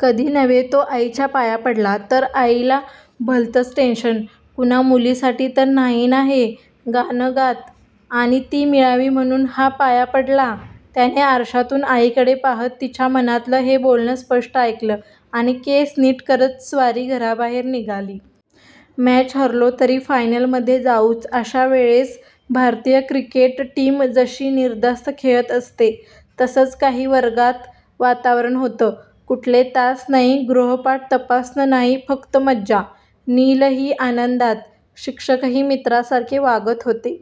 कधी नव्हे तो आईच्या पाया पडला. तर आईला भलतंच टेन्शन "कुणा मुलींसाठी तर नाही ना हे गाणं गात आणि ती मिळावी म्हणून हा पाया पडला??? " त्याने आरशातून आईकडे पाहत तिच्या मनातलं हे बोलणं स्पष्ट ऐकलं आणि केस नीट करत स्वारी घराबाहेर निघाली. 'मॅच हरलो तरी फायनल मध्ये जाऊच' अशा वेळेस भारतीय क्रिकेट टीम जशी निर्धास्त खेळत असते तसंच काही वर्गात वातावरण होतं. कुठले तास नाही, गृहपाठ तपासणं नाही फक्त मज्जा. नीलही आनंदात. शिक्षकही मित्रासारखे वागत होते.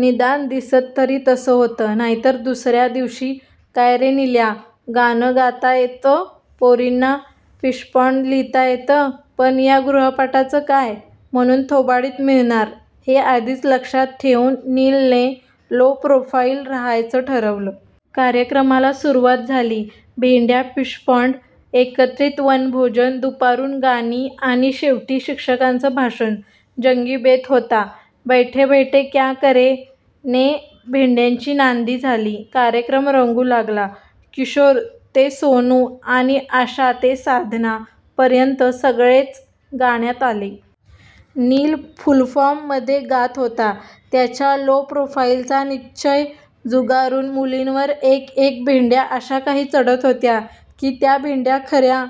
निदान दिसत तरी तसं होतं. नाहीतर दुसऱ्या दिवशी "काय रे नील्या, गाणं गाता येतं, पोरींना फिशपॉंड लिहता येतं, पण या गृहपाठाचं काय? " म्हणून 'थोबाडीत मिळणार' हे आधीच लक्षात ठेऊन नीलने 'लो प्रोफाइल' राहायचं ठरवलं. कार्यक्रमाला सुरवात झाली. भेंड्या, फिशपॉंड, एकत्रित वनभोजन, दुपारून गाणी आणि शेवटी शिक्षकांचं भाषण जंगी बेत होता. 'बैठे बैठे क्या करे' ने भेंड्यांची नांदी झाली. कार्यक्रम रंगू लागला. 'किशोर ते सोनू' आणि 'आशा ते साधना' पर्यंत सगळेच गाण्यात आले. नील 'फुल फॉर्म' मध्ये गात होता त्याच्या 'लो प्रोफाइलचा' निश्चय झुगारून. मुलींवर एक एक भेंड्या अशा काही चढत होत्या कि त्या भेंड्या 'खऱ्या'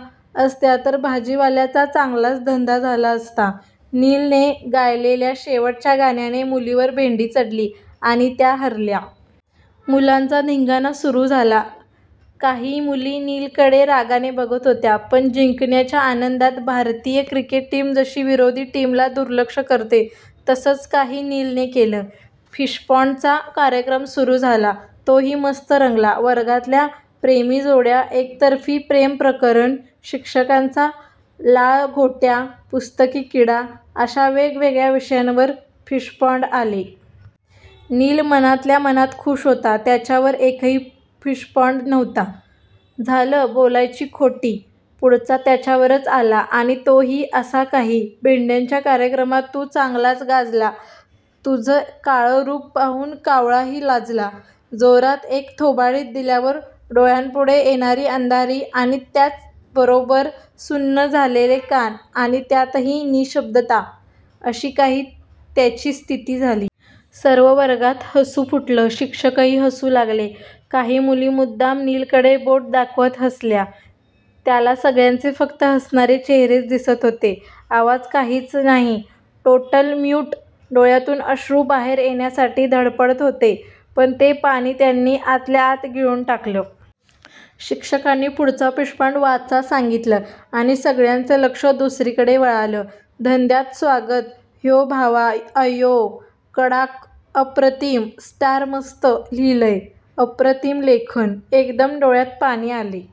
असत्या तर भाजीवाल्याचा चांगलाच धंदा झाला असता. नीलने गायलेल्या शेवटच्या गाण्याने मुलींवर भेंडी चढली आणि त्या हरल्या. मुलांचा धिंगाणा सुरु झाला. काही मुली नीलकडे रागाने बघत होत्या पण जिंकण्याच्या आनंदात भारतीय क्रिकेट टीम जशी विरोधी टीमला 'दुर्लक्ष' करते तसंच काही नीलने केलं. फिशपॉंडचा कार्यक्रम सुरु झाला. तोही मस्त रंगला. 'वर्गातल्या प्रेमीजोड्या', 'एकतर्फी प्रेम प्रकरणं', 'शिक्षकांचा लाळघोट्या' 'पुस्तकी किडा' अशा वेगवेगळ्या विषयांवर फिशपॉंड आले. नील मनातल्या मनात खुश होता. त्याच्यावर एकही फिशपॉंड नव्हता. झालं बोलायची खोटी पुढचा त्याच्यावरच आला आणि तोही असा काही. "भेंड्याच्या कार्यक्रमात तू चांगलाच गाजला, तुझं काळं रूप पाहून कावळाही लाजला". जोरात एक थोबाडीत दिल्यावर डोळ्यांपुढे येणारी अंधारी आणि त्याबरोबर सुन्न झालेले कान आणि त्यातली निःशब्दता अशी काही त्याची स्थिती झाली. सर्व वर्गात हसू फुटलं. शिक्षकही हसू लागले. काही मुली मुद्दाम नील कडे बोट दाखवत हसल्या. त्याला सगळ्यांचे फक्त हसणारे चेहरेच दिसत होते- आवाज काहीच नाही टोटल म्यूट. डोळ्यातून अश्रू बाहेर येण्यासाठी धडपडत होते पण ते पाणी त्यांनी आतल्याआत गिळून टाकलं. शिक्षकांनी पुढचा फिशपॉंड वाचा सांगितलं आणि सगळ्यांचं लक्ष दुसरीकडे वळालं. धंद्यात स्वागत ह्ये भावा. अय्यो! कड्डाकअप्रतिम स्टारमस्त लिहिलियं! अप्रतिम लेखन. एकदम डोळ्यात पाणी आले.